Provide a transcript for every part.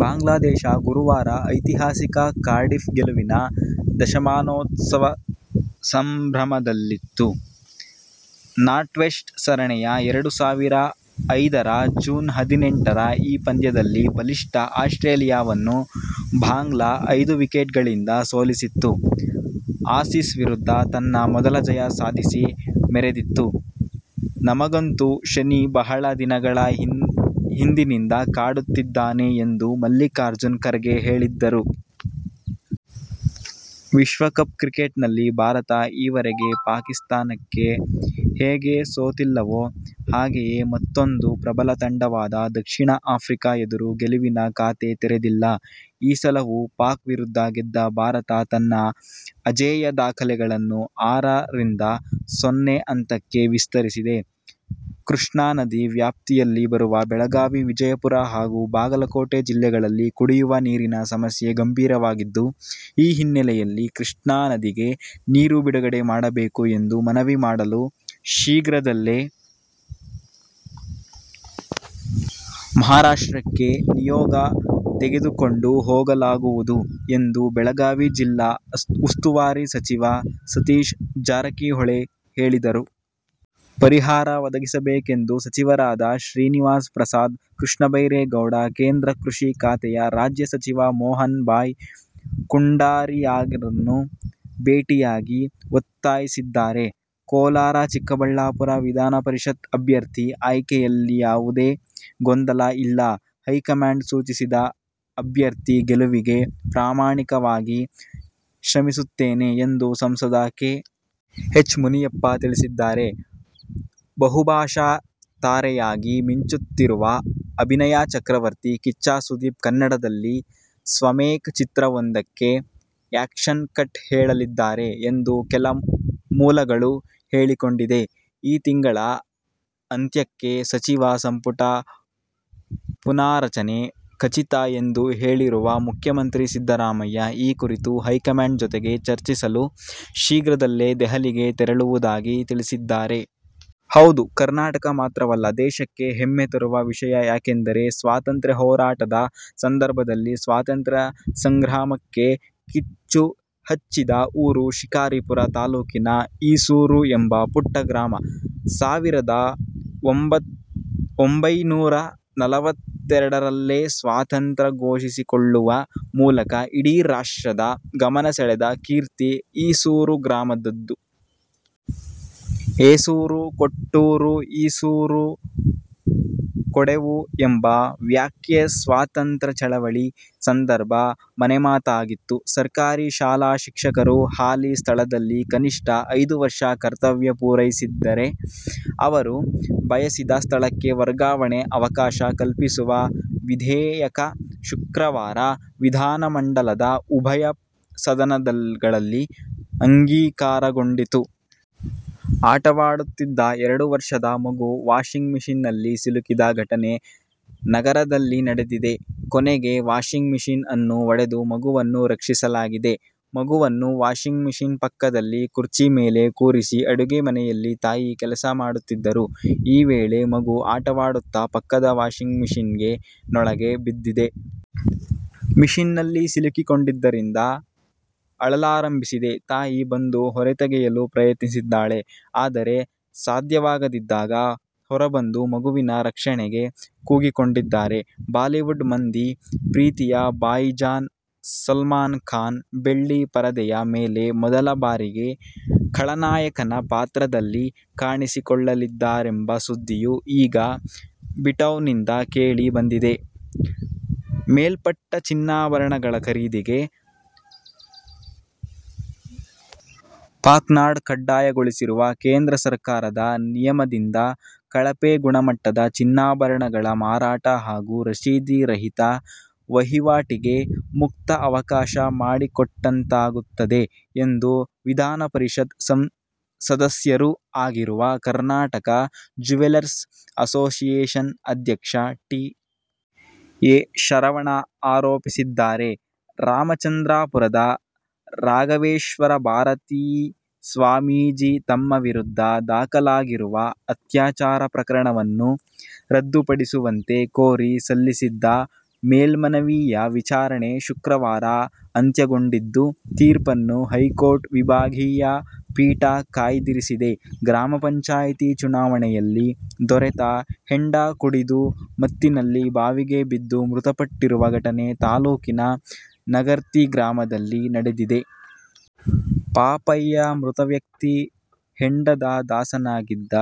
ಬಾಂಗ್ಲಾದೇಶ ಗುರುವಾರ ಐತಿಹಾಸಿಕ ಕಾರ್ಡಿಫ್ ಗೆಲುವಿನ ದಶಮಾನೋತ್ಸವ ಸಂಭ್ರಮದಲ್ಲಿತ್ತು. ನಾಟ್ವೆಸ್ಟ್ ಸರಣಿಯ ಎರಡು ಸಾವಿರ ಐದರ ಜೂನ್ ಹದಿನೆಂಟರ ಈ ಪಂದ್ಯದಲ್ಲಿ ಬಲಿಷ್ಠ ಆಸ್ಟ್ರೇಲಿಯವನ್ನು ಬಾಂಗ್ಲಾ ಐದು ವಿಕೆಟ್ಗಳಿಂದ ಸೋಲಿಸಿತ್ತು. ಆಸೀಸ್ ವಿರುದ್ಧ ತನ್ನ ಮೊದಲ ಜಯ ಸಾಧಿಸಿ ಮೆರೆದಿತ್ತು. ನಮಗಂತೂ ಶನಿ ಬಹಳ ದಿನಗಳ ಹಿಂದಿನಿಂದ ಕಾಡುತ್ತಿದ್ದಾನೆ ಎಂದು ಮಲ್ಲಿಕಾರ್ಜುನ್ ಖರ್ಗೆ ಹೇಳಿದರು. ವಿಶ್ವಕಪ್ ಕ್ರಿಕೆಟ್ನಲ್ಲಿ ಭಾರತ ಈವರೆಗೆ ಪಾಕಿಸ್ಥಾನಕ್ಕೆ ಹೇಗೆ ಸೋತಿಲ್ಲವೋ, ಹಾಗೆಯೇ ಮತ್ತೂಂದು ಪ್ರಬಲ ತಂಡವಾದ ದಕ್ಷಿಣ ಆಫ್ರಿಕಾ ಎದುರು ಗೆಲುವಿನ ಖಾತೆ ತೆರೆದಿಲ್ಲ. ಈ ಸಲವೂ ಪಾಕ್ ವಿರುದ್ಧ ಗೆದ್ದ ಭಾರತ ತನ್ನ ಅಜೇಯ ದಾಖಲೆಯನ್ನು ಆರ ರಿಂದ ಸೊನ್ನೆ ಅಂತರಕ್ಕೆ ವಿಸ್ತರಿಸಿದೆ. ಕೃಷ್ಣಾ ನದಿ ವ್ಯಾಪ್ತಿಯಲ್ಲಿ ಬರುವ ಬೆಳಗಾವಿ, ವಿಜಯಪುರ ಹಾಗೂ ಬಾಗಲಕೋಟೆ ಜಿಲ್ಲೆಗಳಲ್ಲಿ ಕುಡಿಯುವ ನೀರಿನ ಸಮಸ್ಯೆ ಗಂಭೀರವಾಗಿದ್ದು, ಈ ಹಿನ್ನೆಲೆಯಲ್ಲಿ ಕೃಷ್ಣಾ ನದಿಗೆ ನೀರು ಬಿಡುಗಡೆ ಮಾಡಬೇಕು ಎಂದು ಮನವಿ ಮಾಡಲು ಶೀಘ್ರದಲ್ಲೇ ಮಹಾರಾಷ್ಟ್ರಕ್ಕೆ ನಿಯೋಗ ತೆಗೆದುಕೊಂಡು ಹೋಗಲಾಗುವುದು ಎಂದು ಬೆಳಗಾವಿ ಜಿಲ್ಲಾ ಉಸ್ತುವಾರಿ ಸಚಿವ ಸತೀಶ ಜಾರಕಿಹೊಳಿ ಹೇಳಿದರು. ಪರಿಹಾರ ಒದಗಿಸಬೇಕೆಂದು ಸಚಿವರಾದ ಶ್ರೀನಿವಾಸ್ ಪ್ರಸಾದ್, ಕೃಷ್ಣ ಬೈರೇ ಗೌಡ, ಕೇಂದ್ರ ಕೃಷಿ ಖಾತೆಯ ರಾಜ್ಯ ಸಚಿವ ಮೋಹನ್ ಬಾಯ್ ಕುಂಡಾರಿಯಾರನ್ನು ಭೇಟಿಯಾಗಿ ಒತ್ತಾಯಿಸಿದ್ದಾರೆ. ಕೋಲಾರ-ಚಿಕ್ಕಬಳ್ಳಾಪುರ ವಿಧಾನಪರಿಷತ್ ಅಭ್ಯರ್ಥಿ ಆಯ್ಕೆಯಲ್ಲಿಯಾವುದೇ ಗೊಂದಲ ಇಲ್ಲ. ಹೈಕಮಾಂಡ್ ಸೂಚಿಸಿದ ಅಭ್ಯ ರ್ಥಿ ಗೆಲುವಿಗೆ ಪ್ರಾಮಾಣಿ ಕವಾಗಿ ಶ್ರಮಿಸುತ್ತೇನೆ ಎಂದು ಸಂಸದ ಕೆ. ಎಚ್. ಮುನಿಯಪ್ಪ ತಿಳಿಸಿದ್ದಾರೆ. ಬಹುಭಾಷಾ ತಾರೆಯಾಗಿ ಮಿಂಚುತ್ತಿರುವ ಅಭಿನಯ ಚಕ್ರವರ್ತಿ ಕಿಚ್ಚ ಸುದೀಪ್ ಕನ್ನಡದಲ್ಲಿ ಸ್ವಮೇಕ್ ಚಿತ್ರವೊಂದಕ್ಕೆ ಆ್ಯಕ್ಷನ್ ಕಟ್ ಹೇಳಲಿದ್ದಾರೆ ಎಂದು ಕೆಲ ಮೂಲಗಳು ಹೇಳಿಕೊಂಡಿದೆ. ಈ ತಿಂಗಳ ಅಂತ್ಯಕ್ಕೆ ಸಚಿವ ಸಂಪುಟ ಪುನಾರಚನೆ ಖಚಿತ ಎಂದು ಹೇಳಿರುವ ಮುಖ್ಯಮಂತ್ರಿ ಸಿದ್ದರಾಮಯ್ಯ, ಈ ಕುರಿತು ಹೈಕಮಾಂಡ್ ಜೊತೆಗೆ ಚರ್ಚಿಸಲು ಶೀಘ್ರದಲ್ಲೇ ದೆಹಲಿಗೆ ತೆರಳುವುದಾಗಿ ತಿಳಿಸಿದ್ದಾರೆ. ಹೌದು ಕರ್ನಾಟಕ ಮಾತ್ರವಲ್ಲ, ದೇಶಕ್ಕೆ ಹೆಮ್ಮೆ ತರುವ ವಿಷಯ. ಯಾಕೆಂದರೆ ಸ್ವಾತಂತ್ರ್ಯ ಹೋರಾಟದ ಸಂದರ್ಭದಲ್ಲಿ ಸ್ವಾತಂತ್ರ್ಯ ಸಂಗ್ರಾಮಕ್ಕೆ ಕಿಚ್ಚು ಹಚ್ಚಿದ ಊರು ಶಿಕಾರಿಪುರ ತಾಲೂಕಿನ ಈಸೂರು ಎಂಬ ಪುಟ್ಟ ಗ್ರಾಮ. ಸಾವಿರದ ಒಂಬೈನೂರ ನಲವತ್ತೆರಡರಲ್ಲೇ ಸ್ವಾತಂತ್ರ್ಯ ಘೋಷಿಸಿಕೊಳ್ಳುವ ಮೂಲಕ ಇಡೀ ರಾಷ್ಟ್ರದ ಗಮನಸೆಳೆದ ಕೀರ್ತಿ ಈಸೂರು ಗ್ರಾಮದ್ದು. ಏಸೂರು ಕೊಟ್ಟರೂ ಈಸೂರು ಕೊಡೆವು ಎಂಬ ವ್ಯಾಖ್ಯೆ ಸ್ವಾತಂತ್ರ್ಯ ಚಳವಳಿ ಸಂದರ್ಭ ಮನೆಮಾತಾಗಿತ್ತು. ಸರ್ಕಾರಿ ಶಾಲಾ ಶಿಕ್ಷಕರು ಹಾಲಿ ಸ್ಥಳದಲ್ಲಿ ಕನಿಷ್ಠ ಐದು ವರ್ಷ ಕರ್ತವ್ಯ ಪೂರೈಸಿದ್ದರೆ, ಅವರು ಬಯಸಿದ ಸ್ಥಳಕ್ಕೆ ವರ್ಗಾವಣೆಗೆ ಅವಕಾಶ ಕಲ್ಪಿಸುವ ವಿಧೇಯಕ ಶುಕ್ರವಾರ ವಿಧಾನ ಮಂಡಲದ ಉಭಯ ಸದನಗಳಲ್ಲಿ ಅಂಗೀಕಾರಗೊಂಡಿತು. ಆಟವಾಡುತ್ತಿದ್ದ ಎರಡು ವರ್ಷದ ಮಗು ವಾಷಿಂಗ್ ಮಷಿನ್ನಲ್ಲಿ ಸಿಲುಕಿದ ಘಟನೆ ನಗರದಲ್ಲಿನಡೆದಿದೆ. ಕೊನೆಗೆ ವಾಷಿಂಗ್ ಮಷಿನ್ ಅನ್ನು ಒಡೆದು ಮಗುವನ್ನು ರಕ್ಷಿಸಲಾಗಿದೆ. ಮಗುವನ್ನು ವಾಷಿಂಗ್ ಮಷಿನ್ ಪಕ್ಕದಲ್ಲಿ ಕುರ್ಚಿ ಮೇಲೆ ಕೂರಿಸಿ ಅಡುಗೆ ಮನೆಯಲ್ಲಿ ತಾಯಿ ಕೆಲಸ ಮಾಡುತ್ತಿದ್ದರು. ಈ ವೇಳೆ ಮಗು ಆಟವಾಡುತ್ತಾ ಪಕ್ಕದ ವಾಷಿಂಗ್ ಮಷಿನ್ ನೊಳಗೆ ಬಿದ್ದಿದೆ. ಮಷಿನ್ನಲ್ಲಿ ಸಿಲುಕಿಕೊಂಡಿದ್ದರಿಂದ ಅಳಲಾರಂಭಿಸಿದೆ. ತಾಯಿ ಬಂದು ಹೊರತೆಗೆಯಲು ಪ್ರಯತ್ನಿಸಿದ್ದಾಳೆ. ಆದರೆ ಸಾಧ್ಯವಾಗದಿದ್ದಾಗ ಹೊರಬಂದು ಮಗುವಿನ ರಕ್ಷಣೆಗೆ ಕೂಗಿಕೊಂಡಿದ್ದಾರೆ. ಬಾಲಿವುಡ್ ಮಂದಿ ಪ್ರೀತಿಯ ಭಾಯಿಜಾನ್ ಸಲ್ಮಾನ್ ಖಾನ್ ಬೆಳ್ಳಿ ಪರದೆಯ ಮೇಲೆ ಮೊದಲ ಬಾರಿಗೆ ಖಳನಾಯಕನ ಪಾತ್ರದಲ್ಲಿ ಕಾಣಿಸಿಕೊಳ್ಳಲಿದ್ದಾರೆಂಬ ಸುದ್ದಿಯು ಈಗ ಬಿಟೌನಿಂದ ಕೇಳಿ ಬಂದಿದೆ. ಮೇಲ್ಪಟ್ಟ ಚಿನ್ನಾಭರಣಗಳ ಖರೀದಿಗೆ ಪಾನ್ಕಾರ್ಡ್ ಕಡ್ಡಾಯಗೊಳಿಸಿರುವ ಕೇಂದ್ರ ಸರಕಾರದ ನಿಯಮದಿಂದ ಕಳಪೆ ಗುಣಮಟ್ಟದ ಚಿನ್ನಾಭರಣಗಳ ಮಾರಾಟ ಹಾಗೂ ರಶೀದಿ ರಹಿತ ವಹಿವಾಟಿಗೆ ಮುಕ್ತ ಅವಕಾಶ ಮಾಡಿಕೊಟ್ಟಂತಾಗುತ್ತದೆ ಎಂದು ವಿಧಾನಪರಿಷತ್ ಸದಸ್ಯರೂ ಆಗಿರುವ ಕರ್ನಾಟಕ ಜ್ಯುವೆಲ್ಲರ್ಸ್ ಅಸೋಸಿಯೇಷನ್ ಅಧ್ಯಕ್ಷ ಟಿ. ಎ. ಶರವಣ ಆರೋಪಿಸಿದ್ದಾರೆ. ರಾಮಚಂದ್ರಾಪುರದ ರಾಘವೇಶ್ವರ ಭಾರತೀ ಸ್ವಾಮೀಜಿ ತಮ್ಮ ವಿರುದ್ಧ ದಾಖಲಾಗಿರುವ ಅತ್ಯಾಚಾರ ಪ್ರಕರಣವನ್ನು ರದ್ದುಪಡಿಸುವಂತೆ ಕೋರಿ ಸಲ್ಲಿಸಿದ್ದ ಮೇಲ್ಮನವಿಯ ವಿಚಾರಣೆ ಶುಕ್ರವಾರ ಅಂತ್ಯಗೊಂಡಿದ್ದು, ತೀರ್ಪನ್ನು ಹೈಕೋರ್ಟ್ ವಿಭಾಗೀಯ ಪೀಠ ಕಾಯ್ದಿರಿಸಿದೆ. ಗ್ರಾಮ ಪಂಚಾಯಿತಿ ಚುನಾವಣೆಯಲ್ಲಿ ದೊರೆತ ಹೆಂಡ ಕುಡಿದು ಮತ್ತಿನಲ್ಲಿ ಬಾವಿಗೆ ಬಿದ್ದು ಮೃತಪಟ್ಟಿರುವ ಘಟನೆ ತಾಲೂಕಿನ ನಗರ್ತಿ ಗ್ರಾಮದಲ್ಲಿ ನಡೆದಿದೆ. ಪಾಪಯ್ಯ ಮೃತವ್ಯಕ್ತಿ. ಹೆಂಡದ ದಾಸನಾಗಿದ್ದ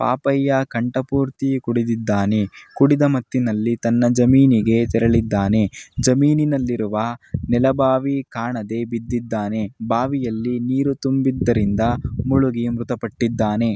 ಪಾಪಯ್ಯ ಕಂಠ ಪೂರ್ತಿ ಕುಡಿದಿದ್ದಾನೆ. ಕುಡಿದ ಮತ್ತಿನಲ್ಲಿ ತನ್ನ ಜಮೀನಿಗೆ ತೆರಳಿದ್ದಾನೆ. ಜಮೀನಿನಲ್ಲಿರುವ ನೆಲಬಾವಿ ಕಾಣದೆ ಬಿದ್ದಿದ್ದಾನೆ. ಬಾವಿಯಲ್ಲಿ ನೀರು ತುಂಬಿದ್ದರಿಂದ ಮುಳುಗಿ ಮೃತಪಟ್ಟಿದ್ದಾನೆ.